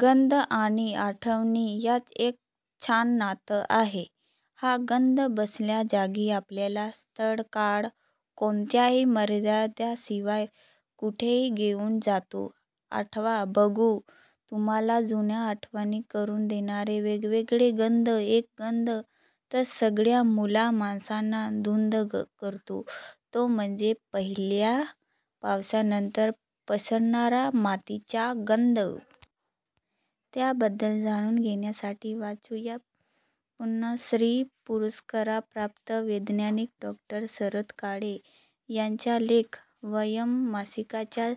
गंध आणि आठवणी याचं एक छान नातं आहे. हा गंध बसल्याजागी आपल्याला स्थळ-काळ कोणत्याही मर्यादेशिवाय कुठेही घेऊन जातो. आठवा बघू, तुम्हाला जुन्या आठवणी करून देणारे वेगवेगळे गंध. एक गंध तर सगळ्या मुला-माणसांना धुंद करतो, तो म्हणजे पहिल्या पावसानंतर पसरणारा मातीचा गंध. त्याबद्दल जाणून घेण्यासाठी वाचू या पद्मश्री पुरस्कारप्राप्त वैज्ञानिक डॉ. शरद काळे यांचा लेख. वयम् मासिकाच्या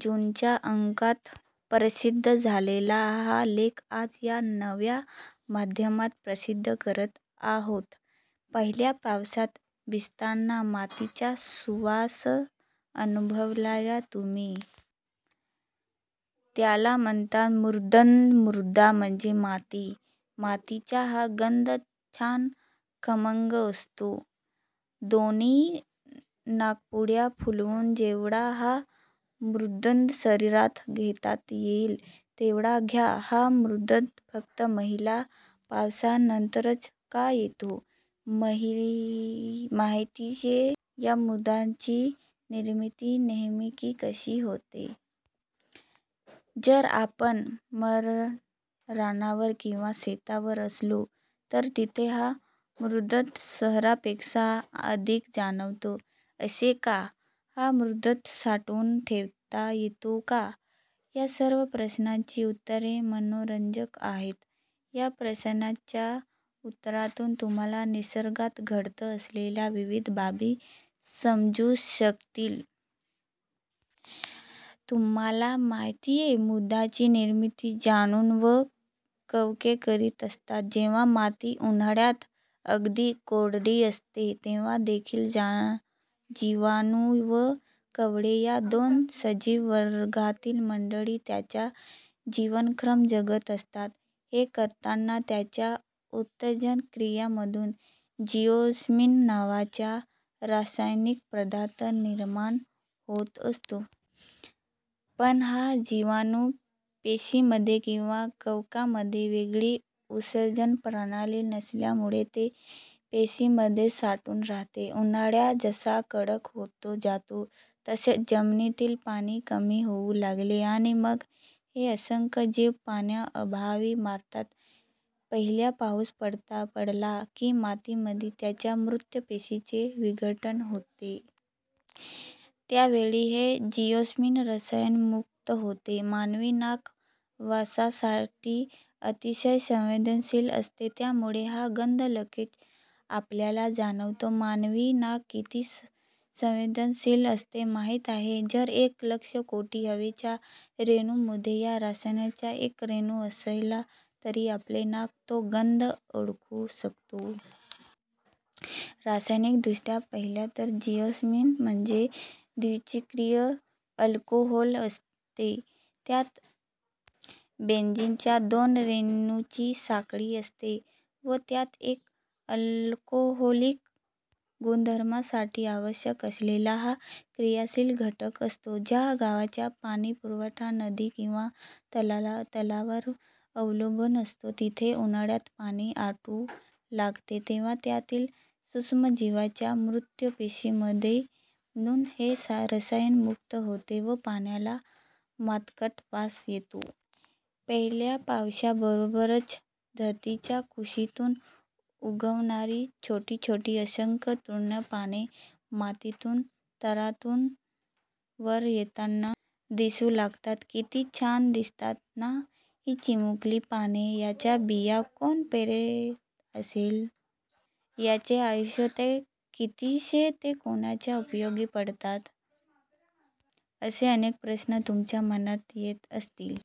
जूनच्या अंकात प्रसिद्ध झालेला हा लेख आज या नव्या माध्यमात प्रसिद्ध करत आहोत. पहिल्या पावसात भिजताना मातीचा सुवास अनुभवलाय तुम्ही? त्याला म्हणतात मृद्गंध. मृदा म्हणजे माती. मातीचा हा गंध छान खमंग असतो. दोन्ही नाकपुड्या फुलवून जेवढा हा मृद्गंध शरीरात घेता येईल, तेवढा घ्या. हा मृद्गंध फक्त पहिल्या पावसानंतरच का येतो, माहितीये? या मृद्गंधाची निर्मिती नेमकी कशी होते? जर आपण माररानावर किंवा शेतावर असलो, तर तिथे हा मृद्गंध शहरापेक्षा अधिक जाणवतो. असे का? हा मृद्गंध साठवून ठेवता येतो का? या सर्व प्रश्नांची उत्तरे मनोरंजक आहेत. या प्रश्नांच्या उत्तरातून तुम्हांला निसर्गात घडत असलेल्या विविध बाबी समजू शकतील. तुम्हांला माहितीये, मृद्गंधाची निर्मिती जीनुणू व कवके करीत असतात. जेव्हा माती उन्हाळ्यात अगदी कोरडी असते, तेव्हा देखील जीवाणू व कवके या दोन सजीव वर्गातील मंडळी त्यांचा जीवनक्रम जगत असतात. हे करताना त्यांच्या उत्सर्जक क्रियांमधून जिओस्मिन नावाचा रासायनिक पदार्थ निर्माण होत असतो. पण ह्या जीवाणू पेशींमध्ये किंवा कवकांमध्ये वेगळी उत्सर्जक प्रणाली नसल्यामुळे ते पेशींमध्ये साठून राहते. उन्हाळा जसा कडक होत जातो, तसतसे जमिनीतील पाणी कमी होऊ लागते आणि मग हे असंख्य जीव पाण्याअभावी मरतात. पहिला पाऊस पडला की मातीमधील त्यांच्या मृत पेशींचे विघटन होते. त्यावेळी हे जिओस्मिन रसायन मुक्त होते. मानवी नाक वासासाठी अतिशय संवेदनशील असते. त्यामुळे हा गंध लगेच आपल्याला जाणवतो. मानवी नाक किती संवेदनशील असते, माहीत आहे? जर एक लक्ष कोटी हवेच्या रेणूंमध्ये या रसायनाचा एक रेणू असला, तरी आपले नाक तो गंध ओळखू शकतो. रासायनिक दृष्ट्या पाहिले तर जिओस्मिन म्हणजे द्विचक्रीय अल्कोहोल असते. त्यात बेन्झीनच्या दोन रेणूंची साखळी असते व त्यात एक अल्कोहोलिक गुणधर्मासाठी आवश्यक असलेला हा क्रियाशील घटक असतो. ज्या गावचा पाणीपुरवठा नदी किंवा तलावावर अवलंबून असतो, तिथे उन्हाळ्यात पाणी आटू लागते, तेव्हा त्यातील सूक्ष्म जीवांच्या मृत पेशींमधून हे रसायन मुक्त होते व पाण्याला मातकट वास येतो. पहिल्या पावसाबरोबरच धरतीच्या कुशीतून उगवणारी छोटी छोटी असंख्य तृणपाने मातीतून तरारून वर येताना दिसू लागतात. किती छान दिसतात ना ही चिमुकली पाने? यांच्या बिया कोण पेरत असेल? यांचे आयुष्य ते कितीसे? ते कोणाच्या उपयोगी पडतात? असे अनेक प्रश्न तुमच्या मनात येत असतील.